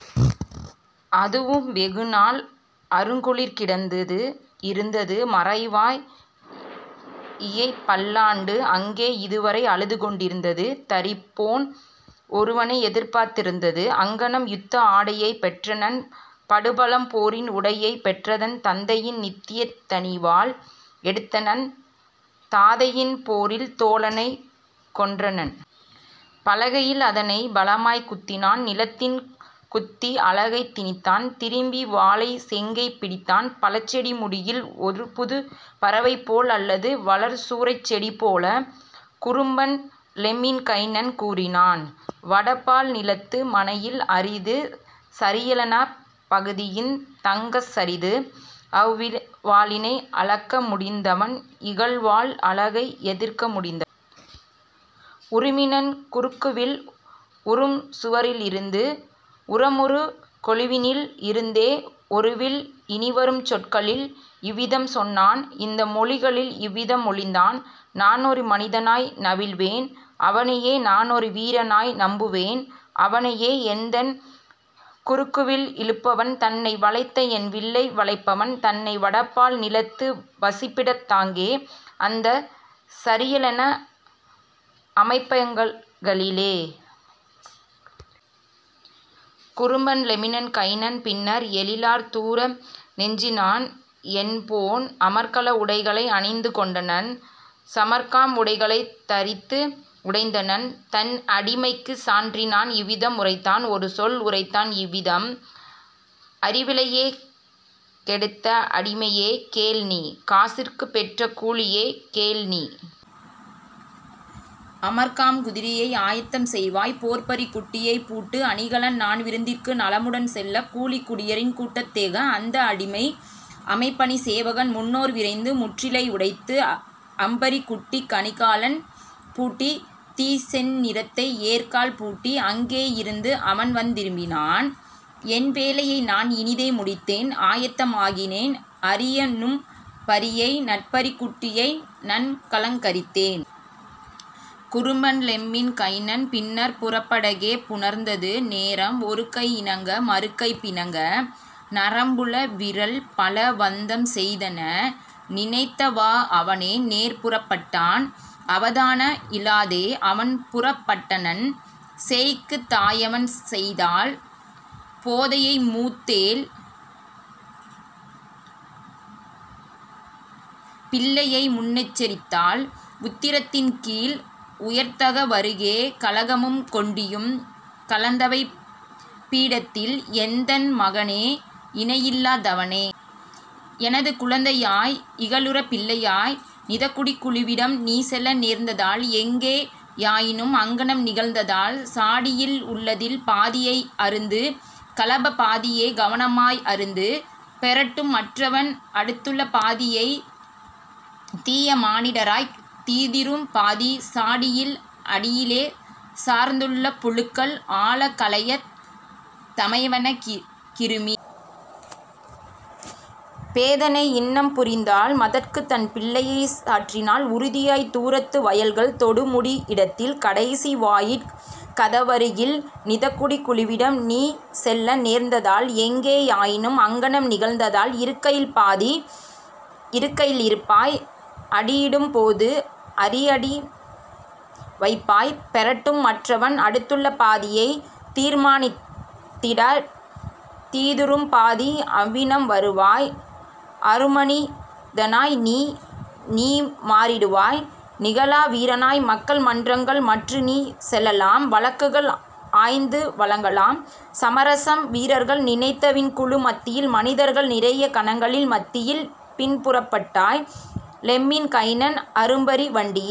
அதுவும் வெகுநாள் அருங்குளிர்க் கிடந்தது இருந்தது மறைவாய் இயைபல் லாண்டு அங்கே இதுவரை அழுதுகொண் டிருந்தது தரிப்போன் ஒருவனை எதிர்பார்த் திருந்தது. " அங்ஙனம் யுத்த ஆடையைப் பெற்றனன் படுபழம் போரின் உடையைப் பெற்றனன் தந்தையின் நித்தியத் தனிவாள் எடுத்தனன் தாதையின் போரின் தோழனைக் கொண்டனன் பலகையில் அதனைப் பலமாய்க் குத்தினான் நிலத்தில் குத்தி அலகைத் திணித்தான்: திருப்பி வாளினைச் செங்கைப் பிடித்தான் பழச்செடி முடியில் ஒருபுதுப் பறவைபோல் அல்லது வளர் சூ ரைச்செடி போல; குறும்பன் லெம்மின் கைனன் கூறினன்: "வடபால் நிலத்து மனைகளில் அரிது சரியொலாப் பகுதியின் தங்ககத் தரிது அரியஇவ் வாளினை அளக்க முடிந்தவன் இகல்வாள் அலகை எதிர்க்க முடிந்தவன். " உருவினன் குறுக்குவில் உறும்சுவ ரிருந்து உரமுறு கொளுவியில் இருந்தே ஒருவில் இனிவரும் சொற்களில் இவ்விதம் சொன்னான் இந்த மொழிகளில் இவ்விதம் மொழிந்தான்: "நானொரு மனிதனாய் நவில்வேன் அவனையே நானொரு வீரனாய் நம்புவேன் அவனையே எந்தன் குறுக்குவில் இழுப்பவன் தன்னை வளைந்தஎன் வில்லை வளைப்பவன் தன்னை வடபால் நிலத்து வசிப்பிடத் தாங்கே அந்தச் சரியொலா அமையகங் களிலே. " குறும்பன் லெம்மின் கைனன் பின்னர் எழிலார் தூர நெஞ்சினன் என்போன் அமர்க்காம் உடைகளை அணிந்து கொண்டனன் சமர்க்காம் உடைகளைத் தரித்துக் கொண்டனன் தன்அடி மைக்குச் சாற்றினான் இவ்விதம் உரைத்தான் ஒருசொல் உரைத்தான் இவ்விதம்: "அறவிலைக் கெடுத்த அடிமையே கேள்நீ! காசுக்குப் பெற்ற கூலியே, கேள்நீ! அமர்க்காம் குதிரையை ஆயத்தம் செய்வாய் போர்ப்பரிக் குட்டிக்குப் பூட்டு அணிகலன் நான்விருந் துக்கு நலமுடன் செல்ல கூளிக் குடியரின் கூட்டத் தேக! " அந்த அடிமை அமைபணிச் சேவகன் முன்னேர் விரைந்து முன்றிலை யடைந்து அம்பரிக் குட்டிக் கணிகலன் பூட்டி தீச்செந் நிறத்ததை ஏர்க்கால் பூட்டி அங்கே யிருந்து அவன்வந் தியம்பினான்: "என்வே லையைநான் இனிதே முடித்தேன் ஆயத்த மாக்கினேன் அரியநும் பரியை நற்பரிக் குட்டியை நன்கலங் கரித்தேன். " குறும்பன் லெம்மின் கைனன் பின்னர் புறப்பட் டேகப் புணர்ந்தது நேரம் ஒருகை இணங்க மறுகை பிணங்க நரம்புள விரல்பல வந்தம் செய்தன; நினைத்தவா றவனே நேர்புறப் பட்டான் அவதான மிலாதே அவன்புறப் பட்டனன். சேய்க்குத் தாயவள் செய்தாள் போதனை மூத்தோள் பிள்ளையை முன்னெச் சரித்தாள் உத்தரத் தின்கீழ் உயர்கத வருகே கலயமும் கெண்டியும் கலந்தவைப் பிடத்தில்: "எந்தன் மகனே, இணையிலா தவனே! எனது குழந்தாய், இகலுரப் பிள்ளாய்! நிதக்குடிக் குழுவிடம் நீசெல நேர்ந்தால் எங்கே யாயினும் அங்ஙனம் நிகழ்ந்தால் சாடியில் உள்ளதில் பாதியை அருந்து கலயப் பாதியே கவனமா யருந்து பெறட்டும் மற்றவன் அடுத்துள பாதியை தீயமா னிடர்க்காம் தீதுறும் பாதி சாடியின் அடியிலே சார்ந்துள புழுக்கள் ஆழக் கலயத் தமைவன கிருமி. " போதனை இன்னம் புரிந்தாள் மகற்கு தன்பிள் ளைக்குச் சாற்றினள் உறுதியாய் தூரத்து வயல்கள் தொடுமுடி விடத்தில் கடைசி வாயிற் கதவத னருகில்; "நிதக்குடிக் குழுவிடம் நீசெல நேர்ந்தால் எங்கே யாயினும் அங்ஙனம் நிகழ்ந்தால் இருக்கையில் பாதி இருக்கையி லிருப்பாய் அடியிடும் போது அரையடி வைப்பாய் பெறட்டும் மற்றவன் அடுத்துள பாதியை தீயமா னிடர்க்காம் தீதுறும் பாதி அவ்விதம் வருவாய் அருமனி தனாய்நீ நீமா றிடுவாய் நிகரிலா வீரனாய் மக்கள்மன் றங்கள் மற்றுநீ செலலாம் வழக்குகள் ஆய்ந்து வழங்கலாம் சமரசம் வீரர்கள் நிறைந்த வியன்குழு மத்தியில் மனிதர்கள் நிறைந்த கணங்களின் மத்தியில். " பின்புறப் பட்டான் லெம்மின் கைனன் அரும்பரி வண்டியில்